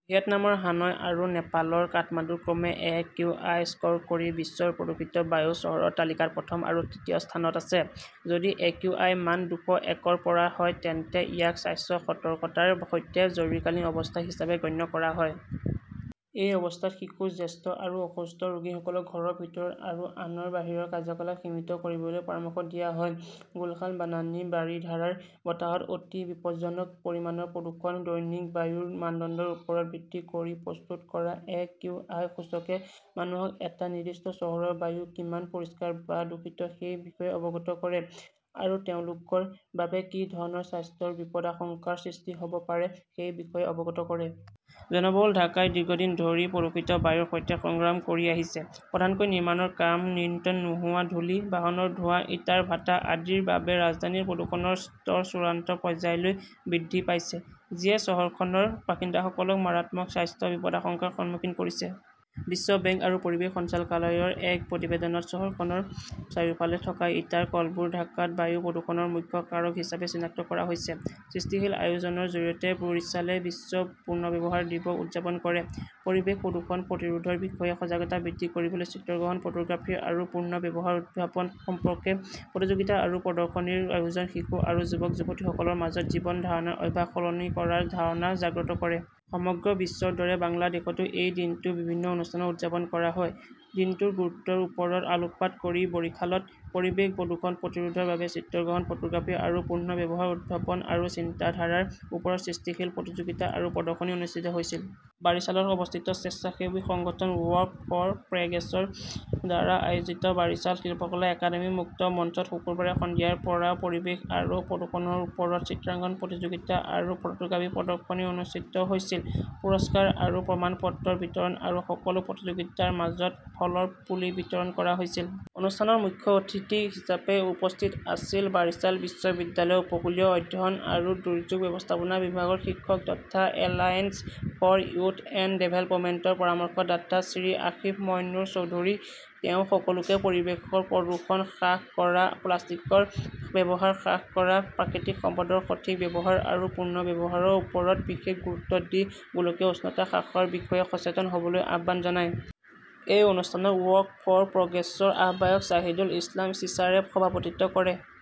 ভিয়েটনামৰ হানয় আৰু নেপালৰ কাঠমাণ্ডু ক্ৰমে এ কিউ আই স্ক'ৰ কৰি বিশ্বৰ প্ৰদূষিত বায়ু চহৰৰ তালিকাত প্ৰথম আৰু তৃতীয় স্থানত আছে। যদি একিউআই মান দুশ একৰ পৰা হয় তেন্তে ইয়াক স্বাস্থ্য সতৰ্কতাৰ সৈতে জৰুৰীকালীন অৱস্থা হিচাপে গণ্য কৰা হয়। এই অৱস্থাত শিশু, জ্যেষ্ঠ আৰু অসুস্থ ৰোগীসকলক ঘৰৰ ভিতৰত আৰু আনৰ বাহিৰৰ কাৰ্যকলাপ সীমিত কৰিবলৈ পৰামৰ্শ দিয়া হয়। গুলশান-বানানী-বাৰিধাৰাৰ বতাহত অতি বিপজ্জনক পৰিমাণৰ প্ৰদূষণ দৈনিক বায়ুৰ মানদণ্ডৰ ওপৰত ভিত্তি কৰি প্ৰস্তুত কৰা এ কিউ আই সূচকে মানুহক এটা নিৰ্দিষ্ট চহৰৰ বায়ু কিমান পৰিষ্কাৰ বা দূষিত সেই বিষয়ে অৱগত কৰে আৰু তেওঁলোকৰ বাবে কি ধৰণৰ স্বাস্থ্যৰ বিপদাশংকাৰ সৃষ্টি হ'ব পাৰে সেই বিষয়ে অৱগত কৰে। জনবহুল ঢাকাই দীৰ্ঘদিন ধৰি প্ৰদূষিত বায়ুৰ সৈতে সংগ্ৰাম কৰি আহিছে। প্ৰধানকৈ নিৰ্মাণৰ কাম নিয়ন্ত্ৰণ নোহোৱা ধূলি, বাহনৰ ধোঁৱা, ইটাৰ ভাটা আদিৰ বাবে ৰাজধানীত প্ৰদূষণৰ স্তৰ চূড়ান্ত পৰ্যায়লৈ বৃদ্ধি পাইছে; যিয়ে চহৰখনৰ বাসিন্দাসকলক মাৰাত্মক স্বাস্থ্য বিপদাশংকাৰ সন্মুখীন কৰিছে। বিশ্ব বেংক আৰু পৰিৱেশ সঞ্চালকালয়ৰ এক প্ৰতিবেদনত চহৰখনৰ চাৰিওফালে থকা ইটাৰ কলবোৰ ঢাকাত বায়ু প্ৰদূষণৰ মুখ্য কাৰক হিচাপে চিনাক্ত কৰা হৈছে। সৃষ্টিশীল আয়োজনৰ জৰিয়তে বৰিশ্বালে 'বিশ্ব পুনৰ্ব্যৱহাৰ দিৱস' উদযাপন কৰে পৰিৱেশ প্ৰদূষণ প্ৰতিৰোধৰ বিষয়ে সজাগতা বৃদ্ধি কৰিবলৈ চিত্ৰগ্ৰহণ, ফটোগ্ৰাফী আৰু পুনৰ্ব্যৱহাৰ উদ্ভাৱন সম্পৰ্কে প্ৰতিযোগিতা আৰু প্ৰদৰ্শনীৰ আয়োজন শিশু আৰু যুৱক-যুৱতীসকলৰ মাজত জীৱন ধাৰণৰ অভ্যাস সলনি কৰাৰ ধাৰণা জাগ্ৰত কৰে। সমগ্ৰ বিশ্বৰ দৰে বাংলাদেশতো এই দিনটো বিভিন্ন অনুষ্ঠানত উদযাপন কৰা হয়। দিনটোৰ গুৰুত্বৰ ওপৰত আলোকপাত কৰি বৰিষালত পৰিৱেশ প্ৰদূষণ প্ৰতিৰোধৰ বাবে চিত্ৰগ্ৰহণ, ফটোগ্ৰাফী আৰু পুনৰ্ব্যৱহাৰ উদ্ভাৱন আৰু চিন্তাধাৰাৰ ওপৰত সৃষ্টিশীল প্ৰতিযোগিতা আৰু প্ৰদৰ্শনী অনুষ্ঠিত হৈছিল। বাৰিছালত অৱস্থিত স্বেচ্ছাসেৱী সংগঠন ৱৰ্ক ফৰ প্ৰগ্ৰেছৰ দ্বাৰা আয়োজিত বাৰিছাল শিল্পকলা একাডেমী মুক্ত মঞ্চত শুকুৰবাৰে সন্ধিয়াৰ পৰা পৰিৱেশ আৰু প্ৰদূষণৰ ওপৰত চিত্ৰাংকন প্ৰতিযোগিতা আৰু ফটোগ্ৰাফী প্ৰদৰ্শনী অনুষ্ঠিত হৈছিল। পুৰস্কাৰ আৰু প্ৰমাণপত্ৰৰ বিতৰণ আৰু সকলো প্ৰতিযোগীৰ মাজত ফলৰ পুলি বিতৰণ কৰা হৈছিল। অনুষ্ঠানত মুখ্য অতিথি হিচাপে উপস্থিত আছিল বাৰিছাল বিশ্ববিদ্যালয়ৰ উপকূলীয় অধ্যয়ন আৰু দুৰ্যোগ ব্যৱস্থাপনা বিভাগৰ শিক্ষক তথা এলায়েন্স ফৰ য়ুথ এণ্ড ডেভেলপমেণ্টৰ পৰামৰ্শদাতা, শ্ৰী আসিফ মইনুৰ চৌধুৰী। তেওঁ সকলোকে পৰিৱেশৰ প্ৰদূষণ হ্ৰাস কৰা, প্লাষ্টিকৰ ব্যৱহাৰ হ্ৰাস কৰা, প্ৰাকৃতিক সম্পদৰ সঠিক ব্যৱহাৰ আৰু পুনৰ্ব্যৱহাৰৰ ওপৰত বিশেষ গুৰুত্ব দি গোলকীয় উষ্ণতা হ্ৰাসৰ বিষয়ে সচেতন হ'বলৈ আহ্বান জনায়। এই অনুষ্ঠানত ৱৰ্ক ফৰ প্ৰগ্ৰেছৰ আহ্বায়ক শ্বাহিদুল ইছলাম শ্বিছাৰে সভাপতিত্ব কৰে।